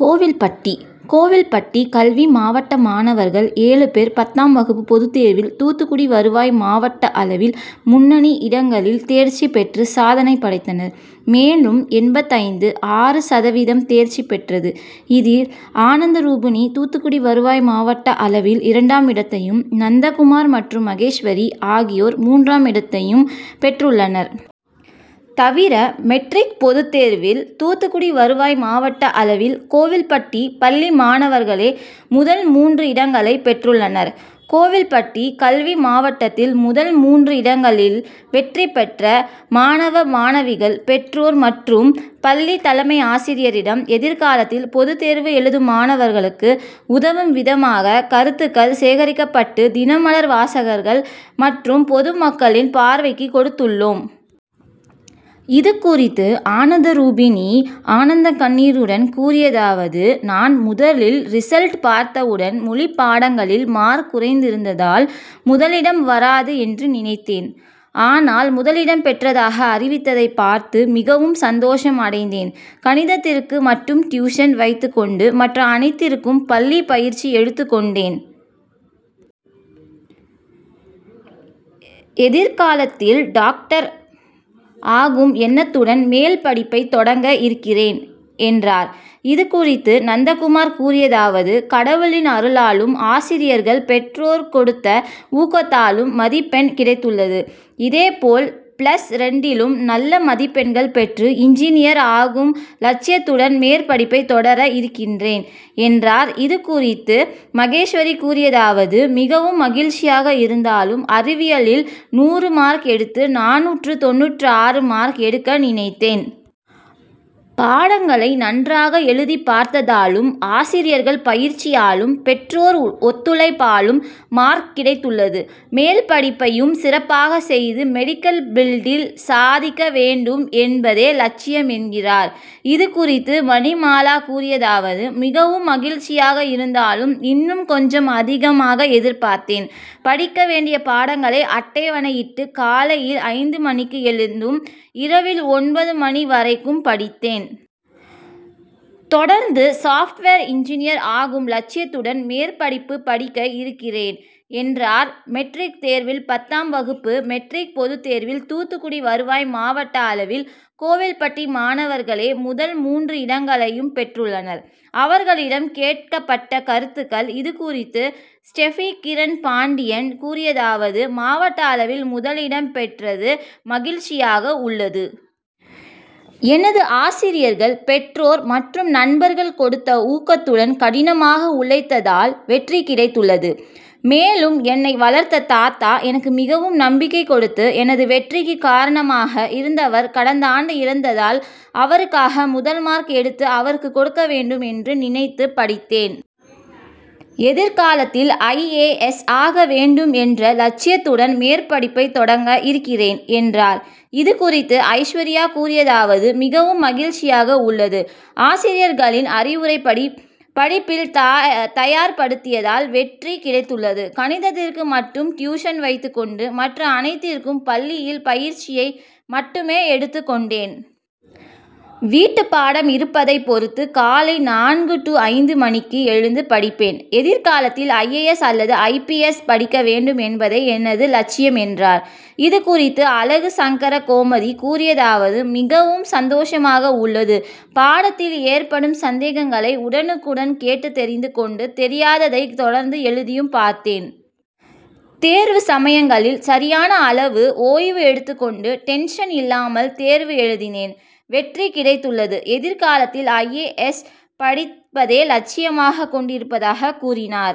கோவில்பட்டி, கோவில்பட்டி கல்வி மாவட்ட மாணவர்கள் ஏழுபேர் பத்தாம் வகுப்பு பொதுத்தேர்வில் தூத்துக்குடி வருவாய் மாவட்ட அளவில் முன்னணி இடங்களில் தேர்ச்சி பெற்று சாதனை படைத்தனர். மேலும் எண்பத்தைந்து.ஆறு சதவீதம் தேர்ச்சி பெற்றது. இதில் ஆனந்தரூபிணி தூத்துக்குடி வருவாய் மாவட்ட அளவில் இரண்டாமிடத்தையும், நந்தகுமார் மற்றும் மகேஸ்வரி ஆகியோர் மூன்றாமிடத்தையும் பெற்றுள்ளனர். தவிர மெட்ரிக் பொதுத்தேர்வில் தூத்துக்குடி வருவாய் மாவட்ட அளவில் கோவில்பட்டி பள்ளி மாணவர்களே முதல் மூன்று இடங்களை பெற்றுள்ளனர். கோவில்பட்டி கல்வி மாவட்டத்தில் முதல் மூன்று இடங்களில் வெற்றி பெற்ற மாணவ மாணவிகள், பெற்றோர் மற்றும் பள்ளி தலைமை ஆசிரியரிடம் எதிர்காலத்தில் பொதுத்தேர்வு எழுதும் மாணவர்களுக்கு உதவும் விதமாக கருத்துக்கள் சேகரிக்கப்பட்டு தினமலர் வாசகர்கள் மற்றும் பொதுமக்களின் பார்வைக்கு கொடுத்துள்ளோம். இதுகுறித்து ஆனந்தரூபிணி ஆனந்தக்கண்ணீருடன் கூறியதாவது, நான் முதலில் ரிசல்ட் பார்த்தவுடன் மொழிப்பாடங்களில் மார்க் குறைந்திருந்ததால் முதலிடம் வராது என்று நினைத்தேன். ஆனால் முதலிடம் பெற்றதாக அறிவித்ததை பார்த்து மிகவும் சந்தோஷம் அடைந்தேன். கணிதத்திற்கு மட்டும் டியூசன் வைத்துக் கொண்டு மற்ற அனைத்திற்கும் பள்ளி பயிற்சி எடுத்துக் கொண்டேன். எதிர்காலத்தில் டாக்டர் ஆகும் எண்ணத்துடன் மேல்படிப்பை தொடங்க இருக்கிறேன் என்றார். இதுகுறித்து நந்தகுமார் கூறியதாவது, கடவுளின் அருளாளும், ஆசிரியர்கள், பெற்றோர் கொடுத்த ஊக்கத்தாலும் மதிப்பெண் கிடைத்துள்ளது. இதேபோல் பிளஸ் இரண்டிலும் நல்ல மதிப்பெண்கள் பெற்று இன்ஜினியர் ஆகும் லட்சியத்துடன் மேற்படிப்பை தொடர இருக்கின்றேன் என்றார். இதுகுறித்து மகேஸ்வரி கூறியதாவது, மிகவும் மகிழ்ச்சியாக இருந்தாலும் அறிவியலில் நூறு மார்க் எடுத்து நானூற்று தொண்ணூறு மார்க் எடுக்க நினைத்தேன். பாடங்களை நன்றாக எழுதிப்பார்த்ததாலும், ஆசிரியர்கள் பயிற்சியாலும், பெற்றோர் ஒத்துழைப்பாலும் மார்க் கிடைத்துள்ளது. மேல்படிப்பையும் சிறப்பாக செய்து மெடிக்கல் பில்டில் சாதிக்க வேண்டும் என்பதே லட்சியம் என்கிறார். இதுகுறித்து மணிமாலா கூறியதாவது, மிகவும் மகிழ்ச்சியாக இருந்தாலும், இன்னும் கொஞ்சம் அதிகமாக எதிர்பார்த்தேன். படிக்க வேண்டிய பாடங்களை அட்டவணையிட்டு காலையில் ஐந்து மணிக்கு எழுந்தும், இரவில் ஒன்பது மணி வரைக்கும் படித்தேன். தொடர்ந்து சாப்ட்வேர் இன்ஜினியர் ஆகும் லட்சியத்துடன் மேற்படிப்பு படிக்க இருக்கிறேன் என்றார். மெட்ரிக் தேர்வில் பத்தாம் வகுப்பு மெட்ரிக் பொதுத்தேர்வில் தூத்துக்குடி வருவாய் மாவட்ட அளவில் கோவில்பட்டி மாணவர்களே முதல் மூன்று இடங்களையும் பெற்றுள்ளனர். அவர்களிடம் கேட்கப்பட்ட கருத்துக்கள். இதுகுறித்து ஸ்டெபி கிரண் பாண்டியன் கூறியதாவது, மாவட்ட அளவில் முதலிடம் பெற்றது மகிழ்ச்சியாக உள்ளது. எனது ஆசிரியர்கள், பெற்றோர் மற்றும் நண்பர்கள் கொடுத்த ஊக்கத்துடன் கடினமாக உழைத்ததால் வெற்றி கிடைத்துள்ளது. மேலும் என்னை வளர்த்த தாத்தா எனக்கு மிகவும் நம்பிக்கை கொடுத்து எனது வெற்றிக்கு காரணமாக இருந்தவர் கடந்தாண்டு இறந்ததால், அவருக்காக முதல்மார்க் எடுத்து அவருக்கு கொடுக்க வேண்டும் என்று நினைத்து படித்தேன். எதிர்காலத்தில் ஐஏஎஸ் ஆக வேண்டும் என்ற லட்சியத்துடன் மேற்படிப்பை தொடங்க இருக்கிறேன் என்றார். இதுகுறித்து ஐஸ்வர்யா கூறியதாவது, மிகவும் மகிழ்ச்சியாக உள்ளது. ஆசிரியர்களின் அறிவுரைப்படி படிப்பில் தயார் படுத்தியதால் வெற்றி கிடைத்துள்ளது. கணிதத்திற்கு மட்டும் டியூசன் வைத்துக் கொண்டு மற்ற அனைத்திற்கும் பள்ளியில் பயிற்சியை மட்டுமே எடுத்துக் கொண்டேன். வீட்டுப்பாடம் இருப்பதை பொறுத்து காலை நான்கு டூ ஐந்து மணிக்கு எழுந்து படிப்பேன். எதிர்காலத்தில் ஐஏஎஸ் அல்லது ஐபிஎஸ் படிக்க வேண்டும் என்பதே எனது லட்சியம் என்றார். இதுகுறித்து அழகுசங்கரகோமதி கூறியதாவது, மிகவும் சந்தோஷமாக உள்ளது. பாடத்தில் ஏற்படும் சந்தேகங்களை உடனுக்குடன் கேட்டு தெரிந்து கொண்டு, தெரியாததை தொடர்ந்து எழுதியும் பார்த்தேன். தேர்வு சமயங்களில் சரியான அளவு ஓய்வு எடுத்துக் கொண்டு டென்ஷன் இல்லாமல் தேர்வு எழுதினேன். வெற்றி கிடைத்துள்ளது. எதிர்காலத்தில் ஐஏஎஸ் படிப்பதே லட்சியமாக கொண்டிருப்பதாக கூறினார்.